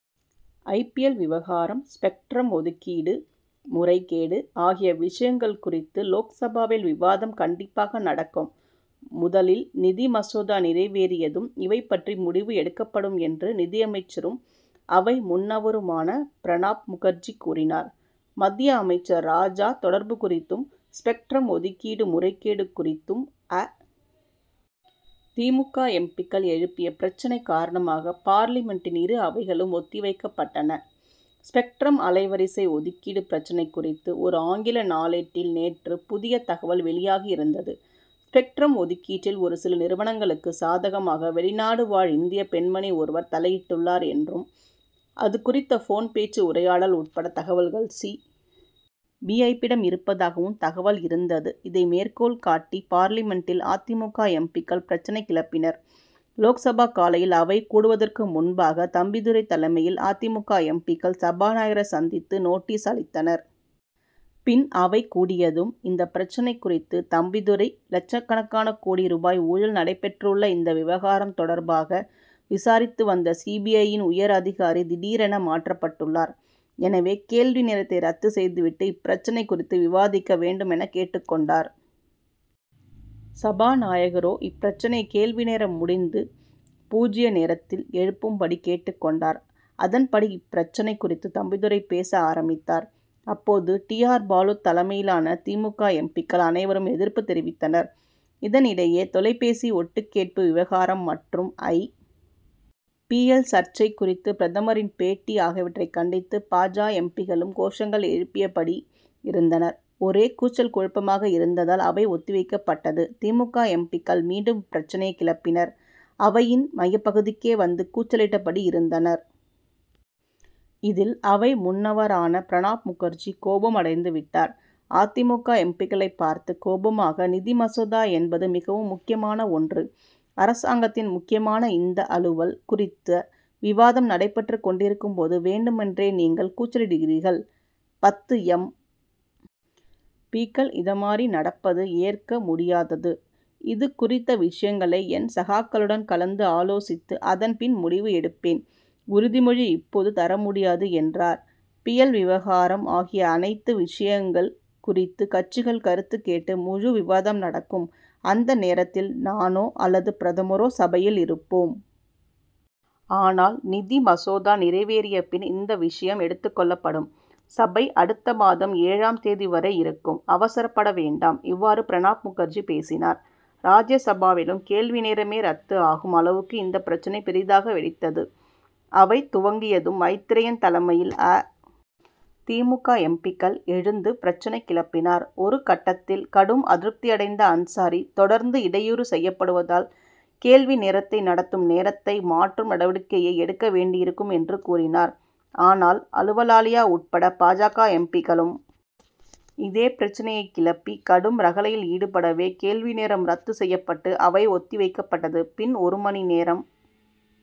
ஐ. P. L. விவகாரம் spectrum ஒதுக்கீடு முறைகேடு ஆகிய விஷயங்கள் குறித்து லோக்சபாவில் விவாதம் கண்டிப்பாக நடக்கும். முதலில் நிதிமசோதா நிறைவேறியதும் இவை பற்றி முடிவு எடுக்கப்படும் என்று நிதியமைச்சரும் அவை முன்னவருமான பிரணாப் முகர்ஜி கூறினார். மத்திய அமைச்சர் ராஜா தொடர்பு குறித்தும் ஸ்பெக்ட்ரம் ஒதுக்கீடு முறைகேடு குறித்தும் அ. தி. மு. க. எம். பி.க்கள் எழுப்பிய பிரச்னை காரணமாக பார்லிமென்டின் இரு அவைகளும் ஒத்திவைக்கப்பட்டன. ஸ்பெக்ட்ரம் அலைவரிசை ஒதுக்கீடு பிரச்னை குறித்து ஒரு ஆங்கில நாளேட்டில் நேற்று புதிய தகவல் வெளியாகியிருந்தது. ஸ்பெக்ட்ரம் ஒதுக்கீட்டில் ஒரு சில நிறுவனங்களுக்கு சாதகமாக வெளிநாடு வாழ் இந்திய பெண்மணி ஒருவர் தலையிட்டுள்ளார் என்றும் அது குறித்த போன் பேச்சு உரையாடல் உட்பட தகவல்கள் சி. பி. ஐ.யிடம் இருப்பதாகவும் தகவல் இருந் தது. இதை மேற்கோள் காட்டி பார்லிமென்டில் அ. தி. மு. க. எம். பி.க்கள் பிரச்னை கிளப்பினர். லோக்சபா காலையில் அவை கூடுவதற்கு முன்பாக தம்பிதுரை தலைமையில் அ. தி. மு. க. எம். பி.க்கள் சபாநாயகரை சந்தித்து நோட்டீஸ் அளித்தனர். பின் அவை கூடியதும் இந்த பிரச்னை குறித்து தம்பிதுரை லட்சக்கணக்கான கோடி ரூபாய் ஊழல் நடைபெற்றுள்ள இந்த விவகாரம் தொடர்பாக விசாரித்துவந்த சி. பி. ஐ.யின் உயர் அதிகாரி திடீரென மாற்றப்பட்டுள்ளார். எனவே கேள்வி நேரத்தை ரத்து செய்துவிட்டு இப்பிரச்னை குறித்து விவாதிக்க வேண்டும் என கேட்டுக் கொண்டார். சபாநாயகரோ இப்பிரச்னையை கேள்விநேரம் முடிந்து பூஜ்ய நேரத்தில் எழுப்பும்படி கேட்டுக் கொண்டார். அதன்படி இப்பிரச்னை குறித்து தம்பிதுரை பேச ஆரம்பித்தார். அப்போது டி. ஆர். பாலு தலைமையிலான தி. மு. க. எம். பி.க்கள் அனைவரும் எதிர்ப்பு தெரிவித்தனர். இதனிடையே தொலைபேசி ஒட்டுக்கேட்பு விவகாரம் மற்றும் ஐ. பி. எல். சர்ச்சை குறித்து பிரதமரின் பேட்டி ஆகியவற்றை கண்டித்து பா. ஜ. எம். பி.க்களும் கோஷங்கள் எழுப்பியபடி இருந்தனர். ஒரே கூச்சல் குழப்பமாக இருந்ததால் அவை ஒத்திவைக்கப்பட்டது. தி. மு. க. எம். பி.க்கள் மீண்டும் இப்பிரச்னையை கிளப்பினர். அவையின் மையப்பகுதிக்கே வந்து கூச்சலிட்டபடி இருந்தனர். இதில் அவை முன்னவரான பிரணாப் முகர்ஜி கோபம் அடைந்துவிட்டார். அ. தி. மு. க. எம். பி.க்களை பார்த்து கோபமாக நிதிமசோதா என்பது மிகவும் முக்கியமான ஒன்று. அரசாங்கத்தின் முக்கியமான இந்த அலுவல் குறித்த விவாதம் நடைபெற்றுக் கொண்டிருக்கும்போது வேண்டுமென்றே நீங்கள் கூச்சலிடுகிறீர்கள். பத்து எம். பி.க்கள் இம்மாதிரி நடப்பது ஏற்க முடியாதது. இது குறித்த விஷயங்களை என் சகாக்களுடன் கலந்து ஆலோசித்து அதன் பின் முடிவு எடுப்பேன் உறுதிமொழி இப்போது தரமுடியாது என்றார். பி. எல். விவகாரம் ஆகிய அனைத்து விஷயங்கள் குறித்து கட்சிகள் கருத்துக் கேட்டு முழுவிவாதம் நடக்கும் அந்த நேரத்தில் நானோ அல்லது பிரதமரோ சபையில் இருப்போம். ஆனால் நிதிமசோதா நிறைவேறியபின் இந்தவிஷயம் எடுத்துக் கொள்ளப்படும். சபை அடுத்த மாதம் ஏழாம் தேதி வரை இருக்கும். அவசரப்பட வேண்டாம். இவ்வாறு பிரணாப் முகர்ஜி பேசினார். ராஜ்யசபாவிலும் கேள்விநேரமே ரத்து ஆகும் அளவுக்கு இந்த பிரச்னை பெரிதாக வெடித்தது. அவை துவங்கியதும் மைத்ரேயன் தலைமையில் அ. தி. மு. க. எம். பி.க்கள் எழுந்து பிரச்னை கிளப்பினார். ஒரு கட்டத்தில் கடும் அதிருப்தியடைந்த அன்சாரி தொடர்ந்து இடையூறு செய்யப்படுவதால் கேள்வி நேரத்தை நடத்தும் நேரத்தை மாற்றும் நடவடிக்கையை எடுக்க வேண்டியிருக்கும் என்று கூறினார். ஆனால் அலுவாலியா உட்பட பா. ஜ. எம். பி.க்களும் இதே பிரச்னையை கிளப்பி கடும் ரகளையில் ஈடுபடவே கேள்வி நேரம் ரத்து செய்யப்பட்டு அவை ஒத்தி வைக்கப்பட்டது. பின் ஒரு மணி நேரம்